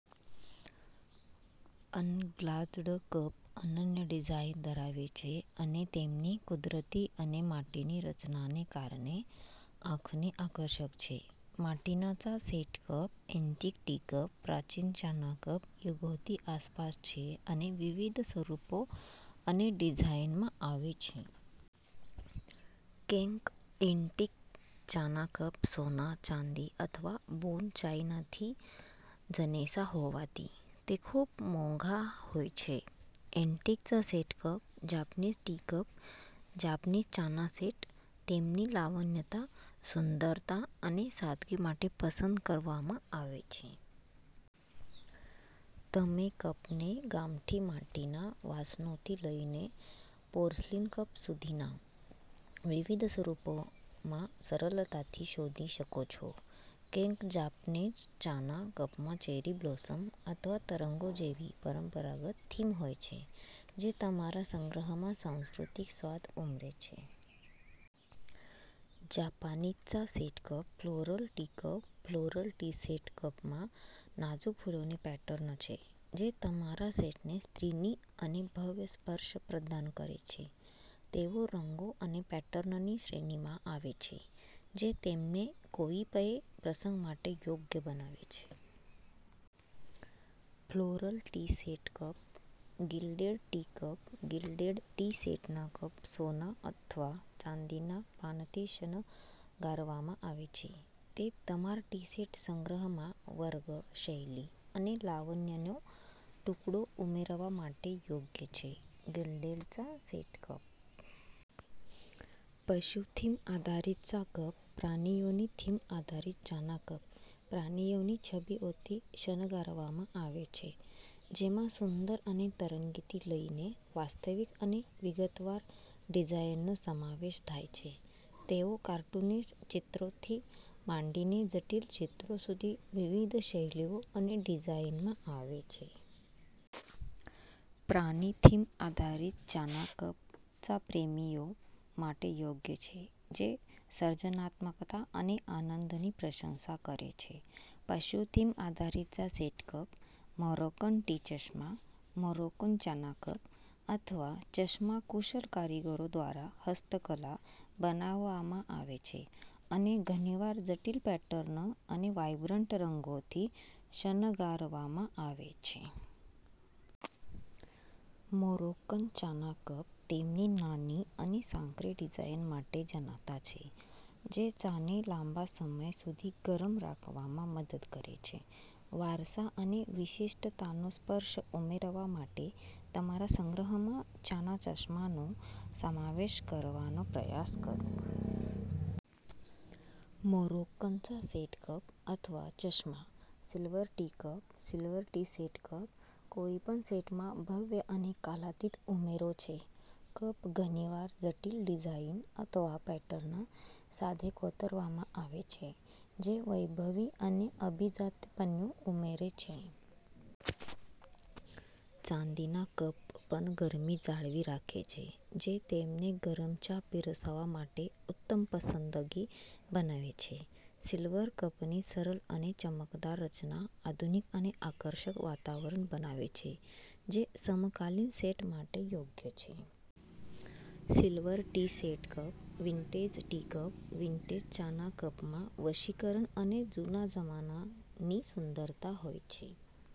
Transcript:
Unglazed cup અનન્ય design ધરાવે છે અને તેમની કુદરતી અને માટીની રચનાને કારણે આંખને આકર્ષે છે. માટીના ચા set cup. Antique tea cup. પ્રાચીન ચાના કપ યુગોથી આસપાસ છે અને વિવિધ સ્વરૂપો અને ડિઝાઇનમાં આવે છે. કેટલાક એન્ટિક ચાના કપ સોના, ચાંદી અથવા બોન ચાઈનાથી બનેલા હોવાથી તે ખૂબ મોંઘા હોય છે. એન્ટિક ચા set cup. Japanese tea cup. Japanese ચાના સેટ તેમની લાવણ્ય, સુંદરતા અને સાદગી માટે પસંદ કરવામાં આવે છે. તમે કપને ગામઠી માટીના વાસણોથી લઈને પોર્સેલેઈન કપ સુધીના વિવિધ સ્વરૂપોમાં સરળતાથી શોધી શકો છો. કેટલાક જાપાનીઝ ચાના કપમાં ચેરી બ્લોસમ અથવા તરંગો જેવી પરંપરાગત થીમ હોય છે, જે તમારા સંગ્રહમાં સાંસ્કૃતિક સ્વાદ ઉમેરે છે. જાપાનીઝ ચા set cup. Floral tea cup. Floral tea set કપમાં નાજુક ફૂલોની પેટર્ન છે જે તમારા સેટને સ્ત્રીની અને ભવ્ય સ્પર્શ પ્રદાન કરે છે. તેઓ રંગો અને પેટર્નની શ્રેણીમાં આવે છે, જે તેમને કોઈપણ પ્રસંગ માટે યોગ્ય બનાવે છે. Floral tea set cup. Gilded tea cup. Gilded tea સેટના કપ સોના અથવા ચાંદીના પાનથી શણગારવામાં આવે છે. તે તમારા ટી સેટ સંગ્રહમાં વર્ગ, શૈલી અને લાવણ્યનો ટુકડો ઉમેરવા માટે યોગ્ય છે. ગિલ્ડેડ ચા સેટ કપ. પશુ-થીમ આધારિત ચા કપ. પ્રાણીઓની થીમ આધારિત ચાના કપ પ્રાણીઓની છબીઓથી શણગારવામાં આવે છે, જેમાં સુંદર અને તરંગીથી લઈને વાસ્તવિક અને વિગતવાર ડિઝાઇનનો સમાવેશ થાય છે. તેઓ કાર્ટૂનિશ ચિત્રોથી માંડીને જટિલ ચિત્રો સુધી વિવિધ શૈલીઓ અને ડિઝાઇનમાં આવે છે. પ્રાણી-થીમ આધારિત ચાના કપ ચા પ્રેમીઓ માટે યોગ્ય છે જે સર્જનાત્મકતા અને આનંદની પ્રશંસા કરે છે. પશુ-થીમ આધારિત ચા સેટ કપ. મોરોક્કન ટી ચશ્મા. મોરોક્કન ચાના કપ અથવા ચશ્મા કુશળ કારીગરો દ્વારા હસ્તકલા બનાવવામાં આવે છે અને ઘણીવાર જટિલ પેટર્ન અને વાઇબ્રન્ટ રંગોથી શણગારવામાં આવે છે. મોરોક્કન ચાના કપ તેમની નાની અને સાંકડી ડિઝાઇન માટે જાણીતા છે, જે ચાને લાંબા સમય સુધી ગરમ રાખવામાં મદદ કરે છે. વારસા અને વિશિષ્ટતાનો સ્પર્શ ઉમેરવા માટે તમારા સંગ્રહમાં ચાના ચશ્માનો સમાવેશ કરવાનો પ્રયાસ કરો. મોરોક્કન ચા સેટ કપ અથવા ચશ્મા. Silver tea cup. Silver tea set cup કોઈપણ સેટમાં ભવ્ય અને કાલાતીત ઉમેરો છે. કપ ઘણીવાર જટિલ ડિઝાઇન અથવા પેટર્ન સાથે કોતરવામાં આવે છે, જે વૈભવી અને અભિજાત્યપણુ ઉમેરે છે. ચાંદીના કપ પણ ગરમી જાળવી રાખે છે, જે તેમને ગરમ ચા પીરસવા માટે ઉત્તમ પસંદગી બનાવે છે. સિલ્વર કપની સરળ અને ચમકદાર રચના આધુનિક અને આકર્ષક વાતાવરણ બનાવે છે, જે સમકાલીન સેટ માટે યોગ્ય છે. Silver tea set cup. Vintage tea cup. Vintage ચાના કપમાં વશીકરણ અને જૂના જમાનાની સુંદરતા હોય છે.